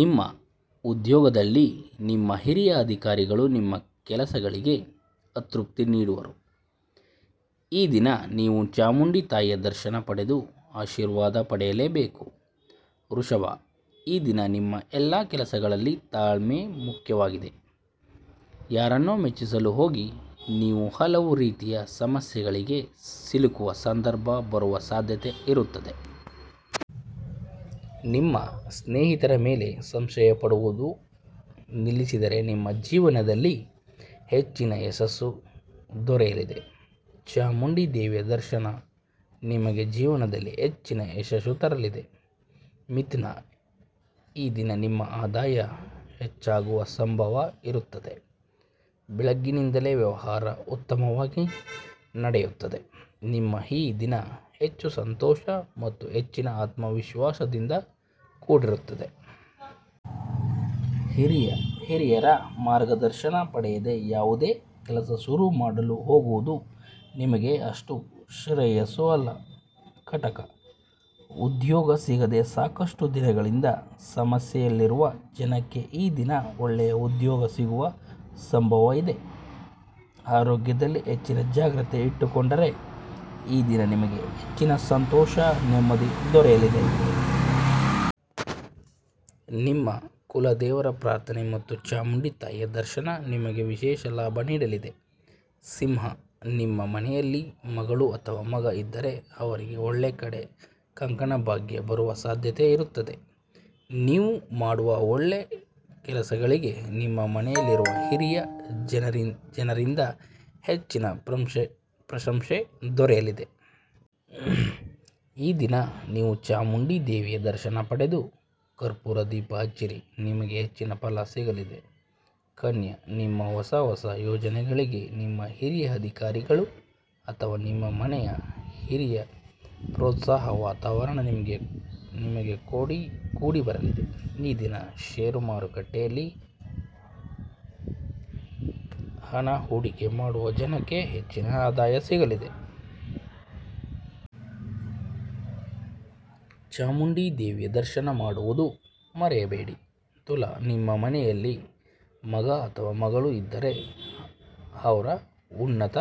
ನಿಮ್ಮ ಉದ್ಯೋಗದಲ್ಲಿ ನಿಮ್ಮ ಹಿರಿಯ ಅಧಿಕಾರಿಗಳು ನಿಮ್ಮ ಕೆಲಸಗಳಿಗೆ ಅತೃಪ್ತಿ ನೀಡುವರು. ಈ ದಿನ ನೀವು ಚಾಮುಂಡಿ ತಾಯಿಯ ದರ್ಶನ ಪಡೆದು ಆಶೀರ್ವಾದ ಪಡೆಯಲೇ ಬೇಕು. ವೃಷಭ- ಈ ದಿನ ನಿಮಗೆ ಎಲ್ಲ ಕೆಲಸದಲ್ಲಿ ತಾಳ್ಮೆ ಮುಖ್ಯ ವಾಗಿದೆ. ಯಾರನ್ನೋ ಮೆಚ್ಚಿಸಲು ಹೋಗಿ ನೀವು ಹಲವು ರೀತಿಯ ಸಮಸ್ಯೆಗಳಿಗೆ ಸಿಲುಕುವ ಸಂಧರ್ಭ ಬರುವ ಸಾಧ್ಯತೆ ಇರುತ್ತದೆ. ನಿಮ್ಮ ಸ್ನೇಹಿತರ ಮೇಲೆ ಸಂಶಯ ಪಡುವುದು ನಿಲ್ಲಸಿದರೆ ನಿಮಗೆ ಜೀವನದಲ್ಲಿ ಹೆಚ್ಚಿನ ಯಶಸ್ಸು ದೊರೆಯಲಿದೆ. ಚಾಮುಂಡಿ ದೇವಿಯ ದರ್ಶನ ನಿಮಗೆ ಜೀವನದಲ್ಲಿ ಹೆಚ್ಚಿನ ಯಶಸ್ಸು ತರಲಿದೆ. ಮಿಥುನ- ಈ ದಿನ ನಿಮ್ಮ ಆದಾಯ ಹೆಚ್ಚಾಗುವ ಸಂಭಾವ ಇರುತ್ತದೆ ಬೆಳ್ಳೆಗೆಯಿಂದಲೇ ವ್ಯವಹಾರ ಉತ್ತಮವಾಗಿ ನಡೆಯುತ್ತದೆ. ನಿಮ್ಮ ಈ ದಿನ ಹೆಚ್ಚು ಸಂತೋಷ ಮತ್ತು ಹೆಚ್ಚಿನ ಆತ್ಮವಿಶ್ವಾಸ ದಿಂದ ಕೂಡಿರುತ್ತದೆ. ಹಿರಿಯರ ಮಾರ್ಗದರ್ಶನ ಪಡೆಯದೇ ಯಾವುದೇ ಕೆಲಸ ಶುರು ಮಾಡಲು ಹೋಗುವುದು ನಿಮಗೆ ಅಷ್ಟು ಶ್ರೇಯಸ್ಸು ಅಲ್ಲ. ಕಟಕ: ಉದ್ಯೋಗ ಸಿಗದೇ ಸಾಕಷ್ಟು ದಿನಗಳಿಂದ ಸಮಸ್ಯೆ ಯಲ್ಲಿರುವ ಜನಕ್ಕೆ ಈ ದಿನ ಒಳ್ಳೆಯ ಉದ್ಯೋಗ ಸಿಗುವ ಸಂಭವ ಇದೆ. ಆರೋಗ್ಯದಲ್ಲಿ ಹೆಚ್ಚಿನ ಜಾಗ್ರತೆ ಇಟ್ಟುಕೊಂಡರೆ ಈ ದಿನ ನಿಮಗೆ ಹೆಚ್ಚಿನ ಸಂತೋಷ ನೆಮ್ಮದಿ ದೊರೆಯಲಿದೆ. ನಿಮ್ಮ ಕುಲ ದೇವರ ಪ್ರಾರ್ಥನೆ ಮತ್ತು ಚಾಮುಂಡಿ ತಾಯಿಯ ದರ್ಶನ ನಿಮಗೆ ವಿಶೇಷ ಲಾಭ ನೀಡಲಿದೆ. ಸಿಂಹ- ನಿಮ್ಮ ಮನೆಯಲ್ಲಿ ಮಗಳು ಅಥವಾ ಮಗ ಇದ್ದಾರೆ ಅವರಿಗೆ ಒಳ್ಳೆಯ ಕಡೆ ಕಂಕಣ ಭಾಗ್ಯ ಬರುವ ಸಾಧ್ಯತೆ ಇರುತ್ತದೆ. ನೀವು ಮಾಡುವ ಒಳ್ಳೆ ಕೆಲಸಗಳಿಗೆ ನಿಮ್ಮ ಮನೆಯಲ್ಲಿರುವ ಹಿರಿಯ ಜನರಿಂದ ಹೆಚ್ಚಿನ ಪ್ರಶಂಶೆ ದೊರೆಯಲಿದೆ. ಈ ದಿನ ನೀವು ಚಾಮುಂಡಿ ದೇವಿಯ ದರ್ಶನ ಪಡೆದು ಕರ್ಪೂರ ದೀಪ ಹಚ್ಚಿರಿ ನಿಮಗೆ ಹೆಚ್ಚಿನ ಫಲ ಸಿಗಲಿದೆ. ಕನ್ಯಾ- ನಿಮ್ಮ ಹೊಸ ಹೊಸ ಯೋಜನೆಗಳಿಗೆ ನಿಮ್ಮ ಹಿರಿಯ ಅಧಿಕಾರಿಗಳು ಅಥವಾ ನಿಮ್ಮ ಮನೆ ಹಿರಿಯರಿಂದ ಪ್ರೋತ್ಸಾಹ ವಾತಾವರಣ ನಿಮಗೆ ಕೂಡಿ ಬರಲಿದೆ. ಈ ದಿನ ಷೇರು ಮಾರುಕಟ್ಟೆಯಲ್ಲಿ ಹಣ ಹೂಡಿಕೆ ಮಾಡುವ ಜನಕ್ಕೆ ಹೆಚ್ಚಿನ ಆದಾಯ ಸಿಗಲಿದೆ. ಚಾಮುಂಡಿ ದೇವಿಯ ದರ್ಶನ ಮಾಡುವುದು ಮರೆಯಬೇಡಿ. ತುಲಾ- ನಿಮ್ಮ ಮನೆಯಲ್ಲಿ ಮಗ ಅಥವಾ ಮಗಳು ಇದ್ದಾರೆ ಅವ್ರ ಉನ್ನತ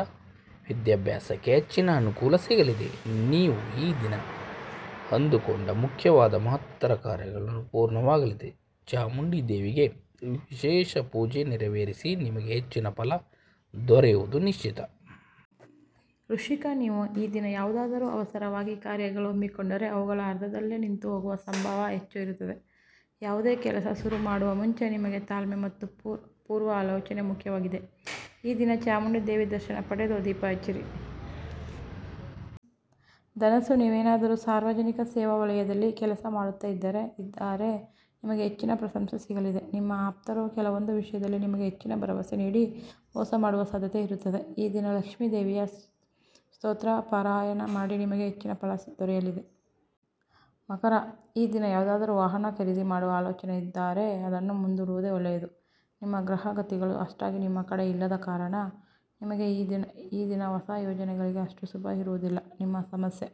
ವಿದ್ಯಾಭ್ಯಾಸಕ್ಕೆ ಹೆಚ್ಚಿನ ಅನುಕೂಲ ಸಿಗಲಿದೆ. ನೀವು ಈ ದಿನ ಅಂದು ಕೊಂಡ ಮುಖ್ಯವಾದ ಮಹತ್ತರ ಕಾರ್ಯಗಳು ಪೂರ್ಣವಾಗಲಿದೆ. ಚಾಮುಂಡಿ ದೇವಿಗೆ ವಿಶೇಷ ಪೂಜೆ ನೆರವೇರಿಸಿ ನಿಮಗೆ ಹೆಚ್ಚಿನ ಫಲ ದೊರೆವುದು ನಿಶ್ಚಿತ. ವೃಶ್ಚಿಕ- ನೀವು ಈ ದಿನ ಯಾವುದಾದರೂ ಅವಸರವಾಗಿ ಕಾರ್ಯಗಳು ಹಮ್ಮಿಕೊಂಡರೆ ಅವುಗಳು ಅರ್ಧದಲ್ಲೇ ನಿಂತು ಹೋಗುವ ಸಂಭಾವ ಹೆಚ್ಚು ಇರುತ್ತದೆ. ಯಾವುದೇ ಕೆಲಸ ಶುರು ಮಾಡುವ ಮುಂಚೆ ನಿಮಗೆ ತಾಳ್ಮೆ ಮತ್ತು ಪೂರ್ವ ಆಲೋಚನೆ ಮುಖ್ಯವಾಗಿದೆ ಈ ದಿನ ಚಾಮುಂಡಿ ದೇವಿ ದರ್ಶನ ಪಡೆದು ದೀಪ ಹಚ್ಚಿರಿ. ಧನಸ್ಸು- ನೀವೇನಾದರೂ ಸಾರ್ವಜನಿಕ ಸೇವಾ ವಲಯದಲ್ಲಿ ಕೆಲಸ ಮಾಡುತ್ತಾ ಇದ್ದಾರೆ ನಿಮಗೆ ಹೆಚ್ಚಿನ ಪ್ರಶಂಶೆ ಸಿಗಲಿದೆ. ನಿಮ್ಮ ಆಪ್ತರು ಕೆಲವೊಂದು ವಿಷ್ಯದಲ್ಲಿ ನಿಮಗೆ ಹೆಚ್ಚಿನ ಭರವಸೆ ನೀಡಿ ಮೋಸ ಮಾಡುವ ಸಾಧ್ಯತೆ ಇರುತ್ತದೆ. ಈ ದಿನ ಲಕ್ಷ್ಮಿ ದೇವಿಯ ಸ್ತೋತ್ರ ಪಾರಾಯಣ ಮಾಡಿ ನಿಮಗೆ ಹೆಚ್ಚಿನ ಫಲ ದೊರೆಯಲಿದೆ. ಮಕರ: ಈ ದಿನ ಯಾವುದಾದರೂ ವಾಹನ ಖರೀದಿ ಮಾಡುವ ಆಲೋಚನೆ ಇದ್ದಾರೆ ಅದನ್ನು ಮುಂದೂಡುವುದೇ ಒಳ್ಳೆಯದು ನಿಮ್ಮ ಗ್ರಹ ಗತಿಗಳು ಅಷ್ಟಾಗಿ ನಿಮ್ಮ ಕಡೆ ಇಲ್ಲದ ಕಾರಣ ನಿಮಗೆ ಈ ದಿನ ಹೊಸ ಯೋಜನೆಗಳಿಗೆ ಅಷ್ಟು ಶುಭ ಇರುವುದಿಲ್ಲ ನಿಮ್ಮ ಸಮಸ್ಯೆ